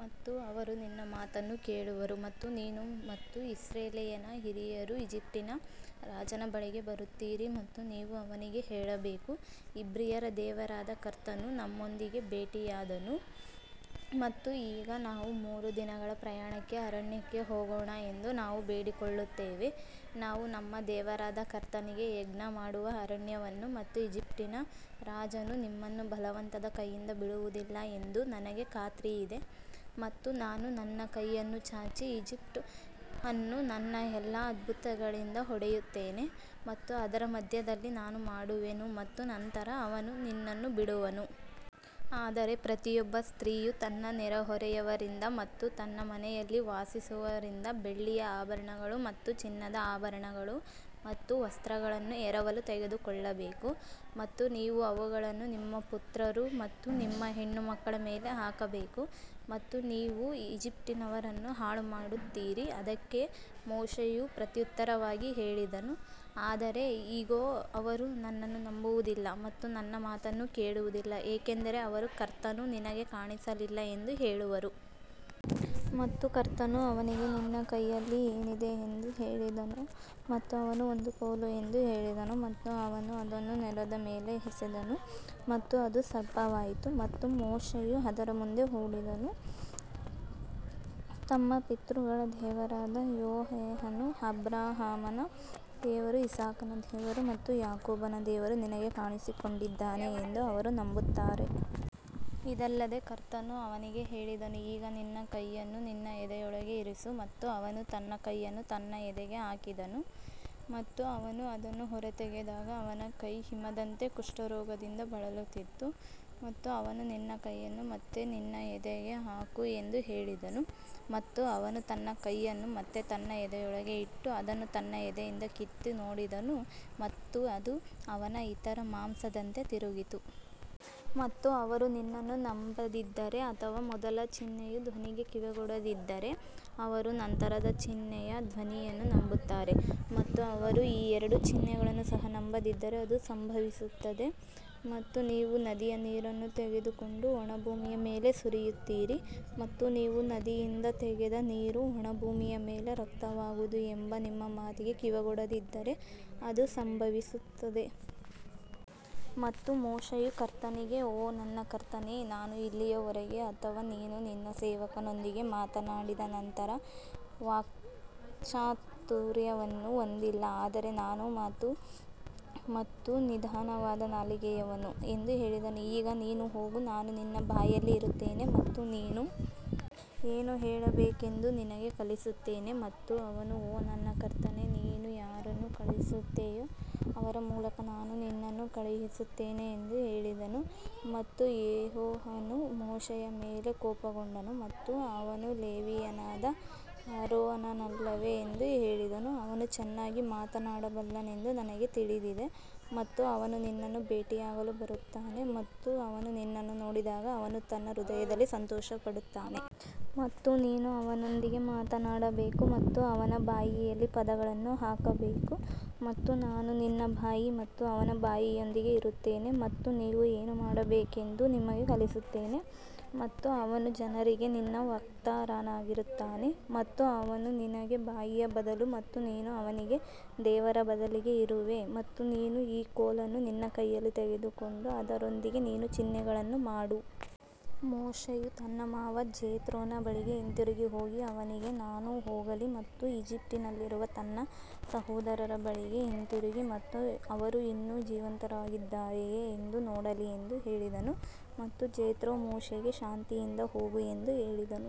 ಮತ್ತು ಅವರು ನಿನ್ನ ಮಾತನ್ನು ಕೇಳುವರು ಮತ್ತು ನೀನು ಮತ್ತು ಇಸ್ರಾಯೇಲ್ಯರ ಹಿರಿಯರು ಈಜಿಪ್ಟಿನ ರಾಜನ ಬಳಿಗೆ ಬರುತ್ತೀರಿ ಮತ್ತು ನೀವು ಅವನಿಗೆ ಹೇಳಬೇಕು ಇಬ್ರಿಯರ ದೇವರಾದ ಕರ್ತನು ನಮ್ಮೊಂದಿಗೆ ಭೇಟಿಯಾದನು ಮತ್ತು ಈಗ ನಾವು ಮೂರು ದಿನಗಳ ಪ್ರಯಾಣಕ್ಕೆ ಅರಣ್ಯಕ್ಕೆ ಹೋಗೋಣ ಎಂದು ನಾವು ಬೇಡಿಕೊಳ್ಳುತ್ತೇವೆ ನಾವು ನಮ್ಮ ದೇವರಾದ ಕರ್ತನಿಗೆ ಯಜ್ಞಮಾಡುವ ಅರಣ್ಯವನ್ನು ಮತ್ತು ಈಜಿಪ್ಟಿನ ರಾಜನು ನಿಮ್ಮನ್ನು ಬಲವಂತದ ಕೈಯಿಂದ ಬಿಡುವುದಿಲ್ಲ ಎಂದು ನನಗೆ ಖಾತ್ರಿಯಿದೆ ಮತ್ತು ನಾನು ನನ್ನ ಕೈಯನ್ನು ಚಾಚಿ ಈಜಿಪ್ಟ್ ಅನ್ನು ನನ್ನ ಎಲ್ಲಾ ಅದ್ಭುತಗಳಿಂದ ಹೊಡೆಯುತ್ತೇನೆ ಮತ್ತು ಅದರ ಮಧ್ಯದಲ್ಲಿ ನಾನು ಮಾಡುವೆನು ಮತ್ತು ನಂತರ ಅವನು ನಿನ್ನನ್ನು ಬಿಡುವನು. ಆದರೆ ಪ್ರತಿಯೊಬ್ಬ ಸ್ತ್ರೀಯು ತನ್ನ ನೆರೆಹೊರೆಯವರಿಂದ ಮತ್ತು ತನ್ನ ಮನೆಯಲ್ಲಿ ವಾಸಿಸುವವರಿಂದ ಬೆಳ್ಳಿಯ ಆಭರಣಗಳು ಮತ್ತು ಚಿನ್ನದ ಆಭರಣಗಳು ಮತ್ತು ವಸ್ತ್ರಗಳನ್ನು ಎರವಲು ತೆಗೆದುಕೊಳ್ಳಬೇಕು ಮತ್ತು ನೀವು ಅವುಗಳನ್ನು ನಿಮ್ಮ ಪುತ್ರರು ಮತ್ತು ನಿಮ್ಮ ಹೆಣ್ಣುಮಕ್ಕಳ ಮೇಲೆ ಹಾಕಬೇಕು ಮತ್ತು ನೀವು ಈಜಿಪ್ಟಿನವರನ್ನು ಹಾಳುಮಾಡುತ್ತೀರಿ. ಅದಕ್ಕೆ ಮೋಶೆಯು ಪ್ರತ್ಯುತ್ತರವಾಗಿ ಹೇಳಿದನು ಆದರೆ ಇಗೋ ಅವರು ನನ್ನನ್ನು ನಂಬುವುದಿಲ್ಲ ಮತ್ತು ನನ್ನ ಮಾತನ್ನು ಕೇಳುವುದಿಲ್ಲ ಏಕೆಂದರೆ ಅವರು ಕರ್ತನು ನಿನಗೆ ಕಾಣಿಸಲಿಲ್ಲ ಎಂದು ಹೇಳುವರು. ಮತ್ತು ಕರ್ತನು ಅವನಿಗೆ ನಿನ್ನ ಕೈಯಲ್ಲಿ ಏನಿದೆ ಎಂದು ಹೇಳಿದನು ಮತ್ತು ಅವನು ಒಂದು ಕೋಲು ಎಂದು ಹೇಳಿದನು ಮತ್ತು ಅವನು ಅದನ್ನು ನೆಲದ ಮೇಲೆ ಎಸೆದನು ಮತ್ತು ಅದು ಸರ್ಪವಾಯಿತು ಮತ್ತು ಮೋಶೆಯು ಅದರ ಮುಂದೆ ಓಡಿಹೋದನು. ತಮ್ಮ ಪಿತೃಗಳ ದೇವರಾದ ಯೆಹೋವನು ಅಬ್ರಹಾಮನ ದೇವರು ಇಸಾಕನ ದೇವರು ಮತ್ತು ಯಾಕೋಬನ ದೇವರು ನಿನಗೆ ಕಾಣಿಸಿಕೊಂಡಿದ್ದಾನೆ ಎಂದು ಅವರು ನಂಬುತ್ತಾರೆ. ಇದಲ್ಲದೆ ಕರ್ತನು ಅವನಿಗೆ ಹೇಳಿದನು ಈಗ ನಿನ್ನ ಕೈಯನ್ನು ನಿನ್ನ ಎದೆಯೊಳಗೆ ಇರಿಸು ಮತ್ತು ಅವನು ತನ್ನ ಕೈಯನ್ನು ತನ್ನ ಎದೆಗೆ ಹಾಕಿದನು ಮತ್ತು ಅವನು ಅದನ್ನು ಹೊರತೆಗೆದಾಗ ಅವನ ಕೈ ಹಿಮದಂತೆ ಕುಷ್ಠರೋಗದಿಂದ ಬಳಲುತ್ತಿತ್ತು. ಮತ್ತು ಅವನು ನಿನ್ನ ಕೈಯನ್ನು ಮತ್ತೆ ನಿನ್ನ ಎದೆಗೆ ಹಾಕು ಎಂದು ಹೇಳಿದನು ಮತ್ತು ಅವನು ತನ್ನ ಕೈಯನ್ನು ಮತ್ತೆ ತನ್ನ ಎದೆಯೊಳಗೆ ಇಟ್ಟು ಅದನ್ನು ತನ್ನ ಎದೆಯಿಂದ ಕಿತ್ತು ನೋಡಿದನು ಮತ್ತು ಅದು ಅವನ ಇತರ ಮಾಂಸದಂತೆ ತಿರುಗಿತು. ಮತ್ತು ಅವರು ನಿನ್ನನ್ನು ನಂಬದಿದ್ದರೆ ಅಥವಾ ಮೊದಲ ಚಿಹ್ನೆಯ ಧ್ವನಿಗೆ ಕಿವಿಗೊಡದಿದ್ದರೆ ಅವರು ನಂತರದ ಚಿಹ್ನೆಯ ಧ್ವನಿಯನ್ನು ನಂಬುತ್ತಾರೆ. ಮತ್ತು ಅವರು ಈ ಎರಡು ಚಿಹ್ನೆಗಳನ್ನು ಸಹ ನಂಬದಿದ್ದರೆ ಅದು ಸಂಭವಿಸುತ್ತದೆ ಮತ್ತು ನೀವು ನದಿಯ ನೀರನ್ನು ತೆಗೆದುಕೊಂಡು ಒಣ ಭೂಮಿಯ ಮೇಲೆ ಸುರಿಯುತ್ತೀರಿ ಮತ್ತು ನೀವು ನದಿಯಿಂದ ತೆಗೆದ ನೀರು ಒಣ ಭೂಮಿಯ ಮೇಲೆ ರಕ್ತವಾಗುವುದು ಎಂಬ ನಿಮ್ಮ ಮಾತಿಗೆ ಕಿವಿಗೊಡದಿದ್ದರೆ ಅದು ಸಂಭವಿಸುತ್ತದೆ. ಮತ್ತು ಮೋಶೆಯು ಕರ್ತನಿಗೆ ಓ ನನ್ನ ಕರ್ತನೇ ನಾನು ಇಲ್ಲಿಯವರೆಗೆ ಅಥವಾ ನೀನು ನಿನ್ನ ಸೇವಕನೊಂದಿಗೆ ಮಾತನಾಡಿದ ನಂತರ ವಾಕ್ಚಾತುರ್ಯವನ್ನು ಹೊಂದಿಲ್ಲ ಆದರೆ ನಾನು ಮಾತು ಮತ್ತು ನಿಧಾನವಾದ ನಾಲಿಗೆಯವನು ಎಂದು ಹೇಳಿದನು. ಈಗ ನೀನು ಹೋಗು ನಾನು ನಿನ್ನ ಬಾಯಲ್ಲಿ ಇರುತ್ತೇನೆ ಮತ್ತು ನೀನು ಏನು ಹೇಳಬೇಕೆಂದು ನಿನಗೆ ಕಲಿಸುತ್ತೇನೆ ಮತ್ತು ಅವನು ಓ ನನ್ನ ಕರ್ತನೇ ನೀನು ಯಾರನ್ನು ಕಳುಹಿಸುತ್ತೀಯೋ ಅವರ ಮೂಲಕ ನಾನು ನಿನ್ನನ್ನು ಕಳುಹಿಸುತ್ತೇನೆ ಎಂದು ಹೇಳಿದನು ಮತ್ತು ಯೆಹೋವನು ಮೋಶೆಯ ಮೇಲೆ ಕೋಪಗೊಂಡನು ಮತ್ತು ಅವನು ಲೇವಿಯನಾದ ಆರೋನನಲ್ಲವೇ ಎಂದು ಹೇಳಿದನು ಅವನು ಚೆನ್ನಾಗಿ ಮಾತನಾಡಬಲ್ಲನೆಂದು ನನಗೆ ತಿಳಿದಿದೆ ಮತ್ತು ಅವನು ನಿನ್ನನ್ನು ಭೇಟಿಯಾಗಲು ಬರುತ್ತಾನೆ ಮತ್ತು ಅವನು ನಿನ್ನನ್ನು ನೋಡಿದಾಗ ಅವನು ತನ್ನ ಹೃದಯದಲ್ಲಿ ಸಂತೋಷಪಡುತ್ತಾನೆ. ಮತ್ತು ನೀನು ಅವನೊಂದಿಗೆ ಮಾತನಾಡಬೇಕು ಮತ್ತು ಅವನ ಬಾಯಿಯಲ್ಲಿ ಪದಗಳನ್ನು ಹಾಕಬೇಕು ಮತ್ತು ನಾನು ನಿನ್ನ ಬಾಯಿ ಮತ್ತು ಅವನ ಬಾಯಿಯೊಂದಿಗೆ ಇರುತ್ತೇನೆ ಮತ್ತು ನೀವು ಏನು ಮಾಡಬೇಕೆಂದು ನಿಮಗೆ ಕಲಿಸುತ್ತೇನೆ. ಮತ್ತು ಅವನು ಜನರಿಗೆ ನಿನ್ನ ವಕ್ತಾರನಾಗಿರುತ್ತಾನೆ ಮತ್ತು ಅವನು ನಿನಗೆ ಬಾಯಿಯ ಬದಲು ಮತ್ತು ನೀನು ಅವನಿಗೆ ದೇವರ ಬದಲಿಗೆ ಇರುವೆ ಮತ್ತು ನೀನು ಈ ಕೋಲನ್ನು ನಿನ್ನ ಕೈಯಲ್ಲಿ ತೆಗೆದುಕೊಂಡು ಅದರೊಂದಿಗೆ ನೀನು ಚಿಹ್ನೆಗಳನ್ನು ಮಾಡು. ಮೋಶೆಯು ತನ್ನ ಮಾವ ಜೆತ್ರೋನ ಬಳಿಗೆ ಹಿಂತಿರುಗಿ ಹೋಗಿ ಅವನಿಗೆ ನಾನು ಹೋಗಲಿ ಮತ್ತು ಈಜಿಪ್ಟಿನಲ್ಲಿರುವ ನನ್ನ ಸಹೋದರರ ಬಳಿಗೆ ಹಿಂತಿರುಗಿ ಮತ್ತು ಅವರು ಇನ್ನೂ ಜೀವಂತವಾಗಿದ್ದಾರೆಯೇ ಎಂದು ನೋಡಲಿ ಎಂದು ಹೇಳಿದನು ಮತ್ತು ಜೆತ್ರೋ ಮೋಶೆಗೆ ಶಾಂತಿಯಿಂದ ಹೋಗು ಎಂದು ಹೇಳಿದನು.